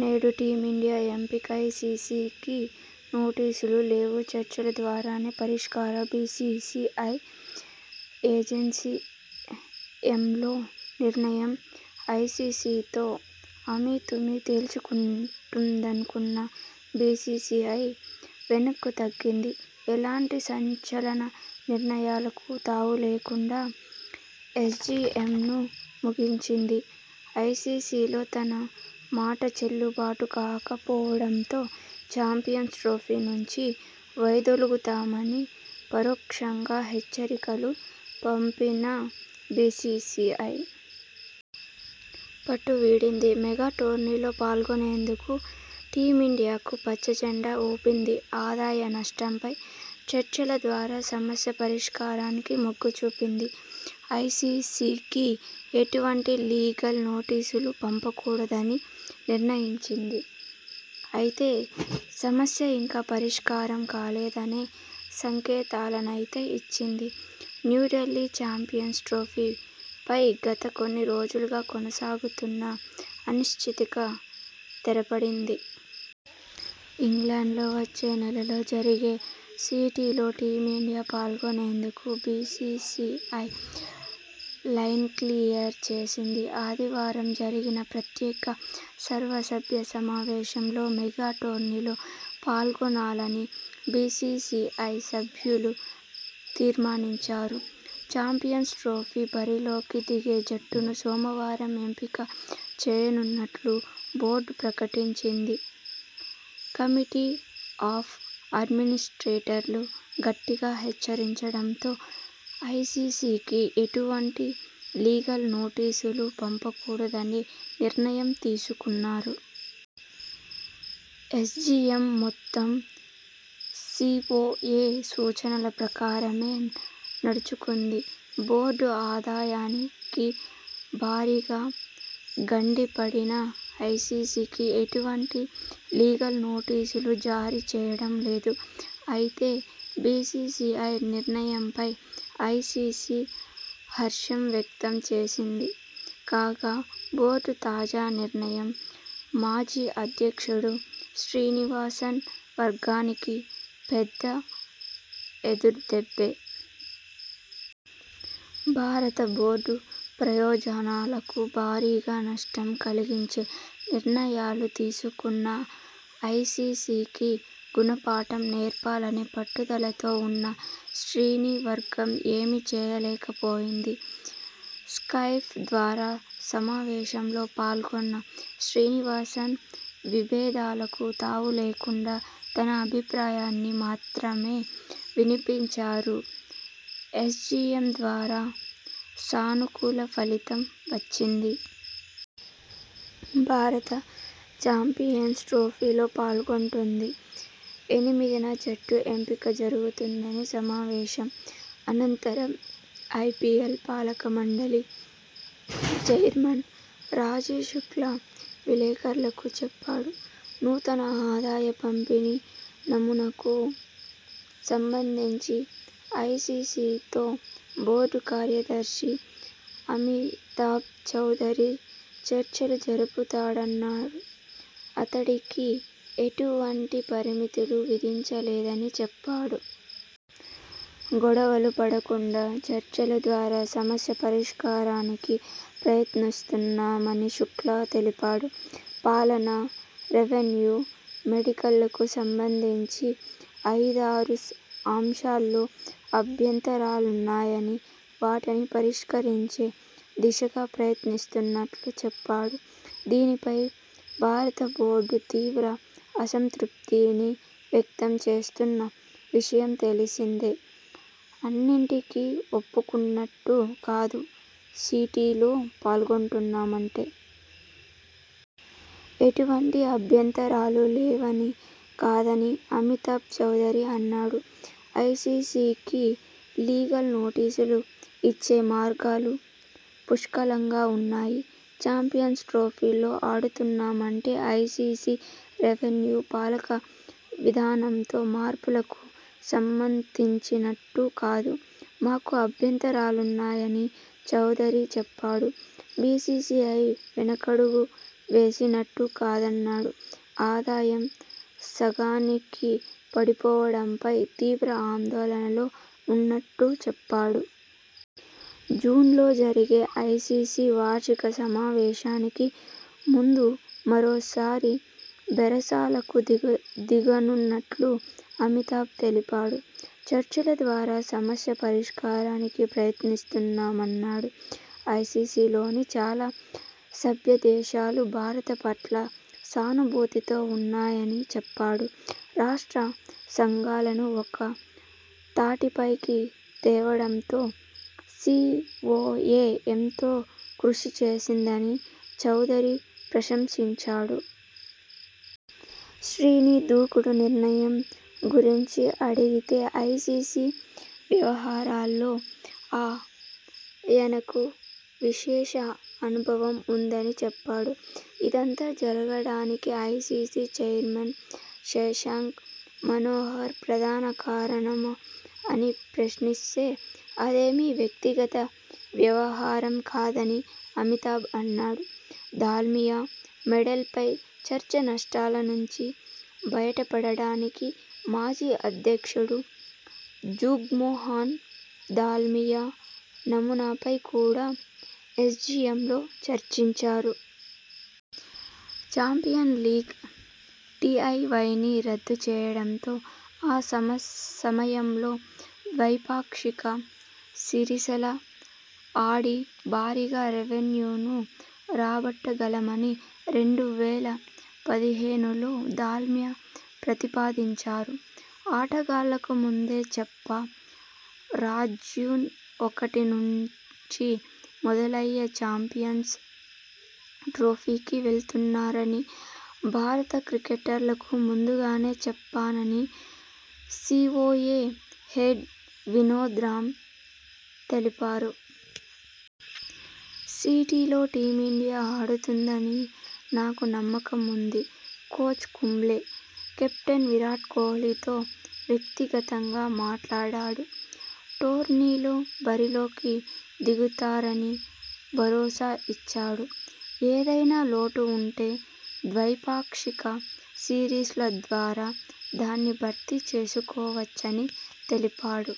నేడు టీమిండియా ఎంపికఐసీసీకి నోటీసులు లేవుచర్చల ద్వారానే పరిష్కారంబీసీసీఐ ఎస్జీఎంలో నిర్ణయం ఐసీసీతో అమీతుమీ తేల్చుకుంటుందనుకున్న బీసీసీఐ.. వెనక్కు తగ్గింది. ఎలాంటి సంచలన నిర్ణయాలకు తావులేకుండా ఎస్జీఎంను ముగించింది. ఐసీసీలో తన మాట చెల్లుబాటు కాకపోవడంతో.. చాంపియన్స్ ట్రోఫీ నుంచి వైదొలుగుతామని పరోక్షంగా హెచ్చరికలు పంపిన బీసీసీఐ.. పట్టువీడింది. మెగా టోర్నీలో పాల్గొనేందుకు టీమిండియాకు పచ్చ జెండా ఊపింది. ఆదాయ నష్టంపై చర్చల ద్వారా సమస్య పరిష్కారానికి మొగ్గు చూపింది. ఐసీసీకి ఎటువంటి లీగల్ నోటీసులూ పంపకూడదని నిర్ణయించింది. అయితే సమస్య ఇంకా పరిష్కారం కాలేదనే సంకేతాలనైతే ఇచ్చింది..! న్యూఢిల్లీ చాంపియన్స్ ట్రోఫీ పై గత కొన్ని రోజులుగా కొనసాగుతున్న అనిశ్చితికి తెరపడింది. ఇంగ్లండ్లో వచ్చే నెలలో జరిగే సీటీలో టీమిండియా పాల్గొనేందుకు బీసీసీఐ లైన్క్లియర్ చేసింది. ఆదివారం జరిగిన ప్రత్యేక సర్వసభ్య సమావేశం లో మెగా టోర్నీలో పాల్గొనాలని బీసీసీఐ సభ్యులు తీర్మానించారు. చాంపియన్స్ ట్రోఫీ బరిలోకి దిగే జట్టును సోమవారం ఎంపిక చేయనున్నట్టు బోర్డు ప్రకటించింది. కమిటీ ఆఫ్ అడ్మినిస్ట్రేటర్లు గట్టిగా హెచ్చరించడంతో ఐసీసీకి ఎటువంటి లీగల్ నోటీసులు పంపకూడదనే నిర్ణయం తీసుకున్నారు. ఎస్జీఎం మొత్తం సీవోఏ సూచనల ప్రకారమే నడుచుకుంది. బోర్డు ఆదాయానికి భారీగా గండిపడినా ఐసీసీకి ఎటువంటి లీగల్ నోటీసులు జారీ చేయడం లేదు. అయితే బీసీసీఐ నిర్ణయంపై ఐసీసీ హర్షం వ్యక్తం చేసింది. కాగా, బోర్డు తాజా నిర్ణయం మాజీ అధ్యక్షుడు శ్రీనివాసన్ వర్గానికి పెద్ద ఎదురుదెబ్బే..! భారత బోర్డు ప్రయోజనాలకు భారీగా నష్టం కలిగించే నిర్ణయాలు తీసుకున్న ఐసీసీకి గుణపాఠం నేర్పాలనే పట్టుదలతో ఉన్న శ్రీని వర్గం.. ఏమీ చేయలేక పోయింది. స్కైప్ ద్వారా సమావేశంలో పాల్గొన్న శ్రీనివాసన్.. విభేదాలకు తావులేకుండా తన అభిప్రాయాన్ని మాత్రమే వినిపించారు. ఎస్జీఎం ద్వారా సానుకూల ఫలితం వచ్చింది. భారత చాంపియన్స్ ట్రోఫీలో పాల్గొంటుంది. ఎనిమిదిన జట్టు ఎంపిక జరుగుతుంద'ని సమావేశం అనంతరం ఐపీఎల్ పాలకమండలి చైర్మన్ రాజీవ్ శుక్లా విలేకరులకు చెప్పాడు. నూతన ఆదాయ పంపిణీ నమూనాకు సంబంధించి ఐసీసీతో బోర్డు కార్యదర్శి అమితాబ్ చౌదరి చర్చలు జరుపుతాడన్నాడు. అతడికి ఎటువంటి పరిమితులూ విధించలేదని చెప్పాడు. గొడవలు పడకుండా చర్చల ద్వారా సమస్య పరిష్కారానికే ప్రయత్నిస్తున్నామని శుక్లా తెలిపాడు. పాలన, రెవెన్యూ మోడళ్లకు సంబంధించి ఐదారు అంశాల్లో అభ్యంతరాలున్నాయని.. వాటిని పరిష్కరించే దిశగా ప్రయత్నిస్తున్నట్టు చెప్పా డు. దీనిపై భారత బోర్డు తీవ్ర అసంతృప్తిని వ్యక్తం చేస్తున్న విషయం తెలిసిందే. అన్నింటికీ ఒప్పుకున్నట్టు కాదు సీటీలో పాల్గొంటున్నామంటే.. ఎటువంటి అభ్యంతరాలూ లేవని కాదని అమితాబ్ చౌదరి అన్నాడు. ఐసీసీకి లీగల్ నోటీసులు ఇచ్చే మార్గాలు పుష్కలంగా ఉన్నాయి. చాంపియన్స్ ట్రోఫీలో ఆడుతున్నామంటే.. ఐసీసీ రెవెన్యూ, పాలక విధానంలో మార్పులకు సమ్మతించినట్టు కాదు. మాకు అభ్యంతరాలున్నాయని చౌదరి చెప్పాడు. బీసీసీఐ వెనకడుగు వేసినట్టు కాదన్నాడు. ఆదాయం సగానికి పడిపోవడంపై తీవ్ర ఆందోళనలో ఉన్నట్టు చెప్పాడు. జూన్లో జరిగే ఐసీసీ వార్షిక సమావేశానికి ముందు మరోసారి బేరసారాలకు దిగనున్నట్టు అమితాబ్ తెలిపాడు. చర్చల ద్వారా సమస్య పరిష్కారానికి ప్రయత్నిస్తున్నామన్నాడు. ఐసీసీలోని చాలా సభ్యదేశాలు భారత పట్ల సానుభూతితో ఉన్నాయని చెప్పాడు. రాష్ట్ర సంఘాలను ఒక్క తాటిపైకి తేవడంతో సీవోఏ ఎంతో కృషి చేసిందని చౌదరి ప్రశంసించాడు. శ్రీని దూకుడు నిర్ణయం గురించి అడిగితే.. ఐసీసీ వ్యవహారాల్లో ఆ యనకు విశేష అనుభవం ఉందని చెప్పాడు. ఇదంతా జరగడానికి ఐసీసీ చైర్మన్ శశాంక్ మనోహర్ ప్రధాన కారణమా అని ప్రశ్నిస్తే.. అదేమీ వ్యక్తిగత వ్యవహా రం కాదని అమితాబ్ అన్నాడు. దాల్మియా మోడల్ పై చర్చ నష్టాల నుంచి బయటపడడానికి మాజీ అధ్యక్షుడు జుగ్మోహన్ దాల్మియా నమూనాపై కూడా ఎస్జీఎంలో చర్చించారు. చాంపియన్స్ లీగ్ టీఇరవైని రద్దు చేయడంతో ఆ సమయంలో ద్వైపాక్షిక సిరీసల ఆడి భారీగా రెవెన్యూను రాబట్టగలమని రెండు వేల పదిహేనులో దాల్మియా ప్రతిపాదించారు. ఆటగాళ్లకు ముందే చెప్పా రాయ్జూన్ ఒకటి నుంచి మొదలయ్యే చాంపియన్స్ ట్రోఫీకి వెళ్తున్నారని భారత క్రికెటర్లకు ముందుగానే చెప్పానని సీవోఏ హెడ్ వినోద్ రామ్ తెలిపారు. సీటీలో టీమిండియా ఆడుతుందని నాకు నమ్మకం ఉంది. కోచ్ కుంబ్లే, కెప్టెన్ విరాట్ కోహ్లీతో వ్యక్తిగతంగా మాట్లాడాను. టోర్నీలో బరిలోకి దిగుతారని భరోసా ఇచ్చాను. ఏదైనా లోటు ఉంటే ద్వైపాక్షిక సిరీస్ ల ద్వారా దాన్ని భర్తీ చేసుకోవచ్చని చెప్పారు.